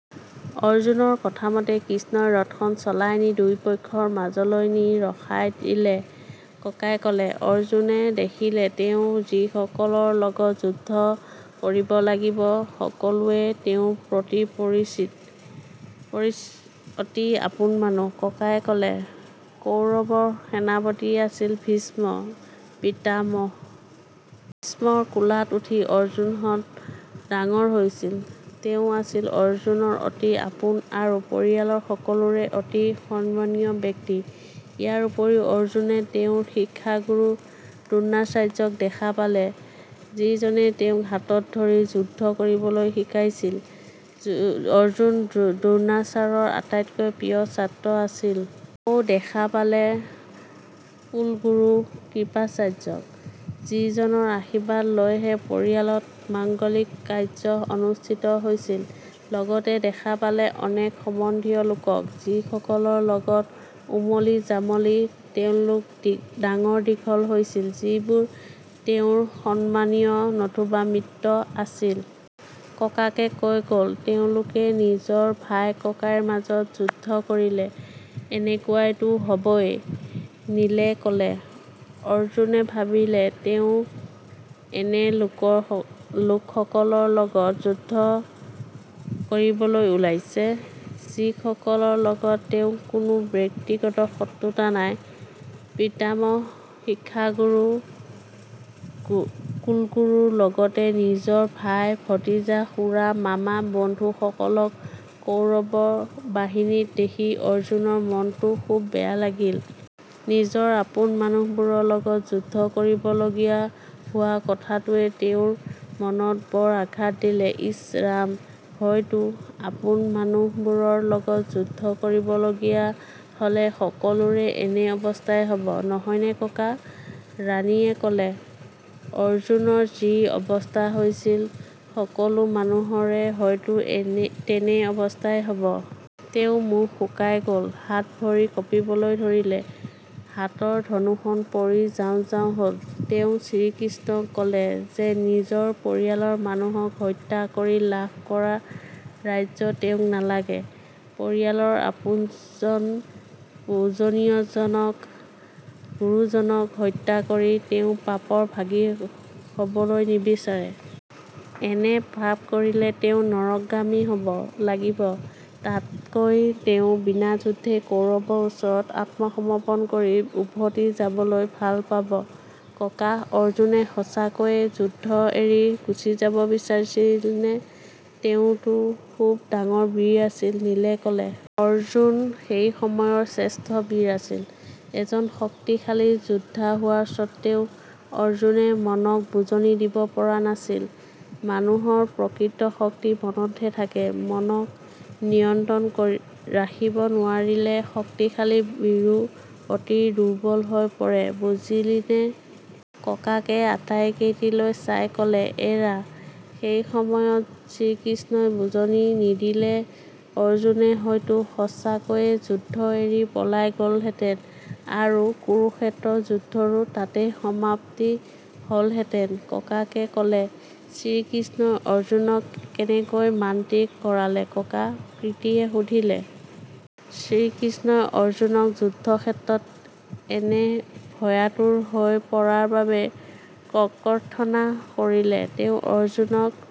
অৰ্জুনৰ কথামতে শ্ৰীকৃষ্ণই ৰথখন চলাই নি দুয়োপক্ষৰ মাজলৈ নি ৰখাই দিলে"। ককাকে ক'লে। "অৰ্জুনে দেখিলে তেওঁ যিসকলৰ লগত যুদ্ধ কৰিব লাগিব, সকলোৱে তেওঁৰ অতি পৰিচিত, অতি আপোন মানুহ"। ককাকে ক'লে। "কৌৰৱৰ সেনাপতি আছিল ভীষ্ম পিতামহ। ভীষ্মৰ কোলাত উঠি অৰ্জুনহঁত ডাঙৰ হৈছিল। তেওঁ আছিল অৰ্জুনৰ অতি আপোন আৰু পৰিয়ালৰ সকলোৰে অতি সন্মানীয় ব্যক্তি। ইয়াৰ উপৰিও অৰ্জুনে তেওঁৰ শিক্ষাগুৰু দ্ৰোণাচাৰ্যক দেখা পালে, যিজনে তেওঁক হাতত ধৰি যুদ্ধ কৰিবলৈ শিকাইছিল। অৰ্জুন দ্ৰোণাচাৰ্যৰ আটাইতকৈ প্ৰিয় ছাত্ৰ আছিল। আকৌ দেখা পালে কুলগুৰু কৃপাচাৰ্যক, যিজনৰ আশীৰ্বাদ লৈহে পৰিয়ালত মাংগলিক কাৰ্য অনুস্থিত হৈছিল। লগতে দেখা পালে অনেক সম্বন্ধীয় লোকক যিসকলৰ লগত ওমলি জামলি তেওঁলোক ডাঙৰ দীঘল হৈছিল, যিবোৰ তেওঁৰ সন্মানীয় নতুবা মিত্ৰ আছিল"। ককাকে কৈ গ'ল। "তেওঁলোকে নিজৰ ভাই ককাইৰ মাজত যুদ্ধ কৰিলে এনেকুৱাতো হ'বই", নীলে ক'লে। "অৰ্জুনে ভাবিলে তেওঁ এনে লোক সকলৰ লগত যুদ্ধ কৰিবলৈ ওলাইছে, যিসকলৰ লগত তেওঁৰ কোনো ব্যক্তিগত শত্ৰুতা নাই। পিতামহ, শিক্ষাগুৰু, কুলগুৰুৰ লগতে নিজৰ ভাই, ভতিজা, খুৰা, মামা, বন্ধু সকলক কৌৰৱ বাহিনীত দেখি অৰ্জুনৰ মনটো খুব বেয়া লাগিল। নিজৰ আপোন মানুহবোৰৰ লগত যুদ্ধ কৰিবলগীয়া হোৱা কথাটোৱে তেওঁৰ মনত বৰ আঘাত দিলে"। "ইছ ৰাম। হয়তো। আপোন মানুহ বোৰৰ লগত যুদ্ধ কৰিব লগীয়া হ'লে সকলোৰে এনে অৱস্থাই হ'ব, নহয়নে ককা"। ৰাণীয়ে ক'লে। "অৰ্জুনৰ যি অৱস্থা হৈছিল, সকলো মানুহৰে হয়তো তেনে অৱস্থাই হ'ব। তেওঁৰ মুখ শুকাই গ'ল, হাত ভৰি কঁপিবলৈ ধৰিলে, হাতৰ ধনুখন পৰি যাওঁ যাওঁ হ'ল। তেওঁ শ্ৰীকৃষ্ণক ক'লে যে নিজৰ পৰিয়ালৰ মানুহক হত্যা কৰি লাভ কৰা ৰাজ্য তেওঁক নালাগে। পৰিয়ালৰ আপোনজন, পূজনীয় জনক, গুৰুজনক হত্যা কৰি তেওঁ পাপৰ ভাগী হ'বলৈ নিবিচাৰে। এনে পাপ কৰিলে তেওঁ নৰকগামী হ'ব লাগিব। তাতকৈ তেওঁ বিনাযুদ্ধে কৌৰৱৰ ওচৰত আত্মসমৰ্পন কৰি উভতি যাবলৈ ভাল পাব"। "ককা, অৰ্জুনে সঁচাকৈয়ে যুদ্ধ এৰি গুচি যাব বিচাৰিছিলনে? তেওঁতো খুব ডাঙৰ বীৰ আছিল"। নীলে ক'লে। "অৰ্জুন সেই সময়ৰ শ্ৰেষ্ঠ বীৰ আছিল। এজন শক্তিশালী যোদ্ধা হোৱা সত্বেও অৰ্জুনে মনক বুজনি দিব পৰা নাছিল। মানুহৰ প্ৰকৃত শক্তি মনতহে থাকে। মনক নিয়ন্ত্ৰণত ৰাখিব নোৱাৰিলে শক্তিশালী বীৰো অতি দুৰ্বল হৈ পৰিব পাৰে, বুজিলিনে"? ককাকে আটাইকেইটিলৈ চাই ক'লে। "এৰা সেই সময়ত শ্ৰীকৃষ্ণই বুজনি নিদিলে অৰ্জুনে হয়তো সঁচাকৈয়ে যুদ্ধ এৰি পলাই গ'লহেঁতেন আৰু কুৰুক্ষেত্ৰৰ যুদ্ধৰো তাতেই সমাপ্তি হ'লহেঁতেন"। ককাকে ক'লে। "শ্ৰীকৃষ্ণই অৰ্জুনক কেনেকৈ মান্তি কৰালে ককা"? প্ৰীতিয়ে সুধিলে। "শ্ৰীকৃষ্ণই অৰ্জুনক যুদ্ধক্ষেত্ৰত এনে ভয়াতুৰ হৈ পৰাৰ বাবে ককৰ্থনা কৰিলে। তেওঁ অৰ্জুনক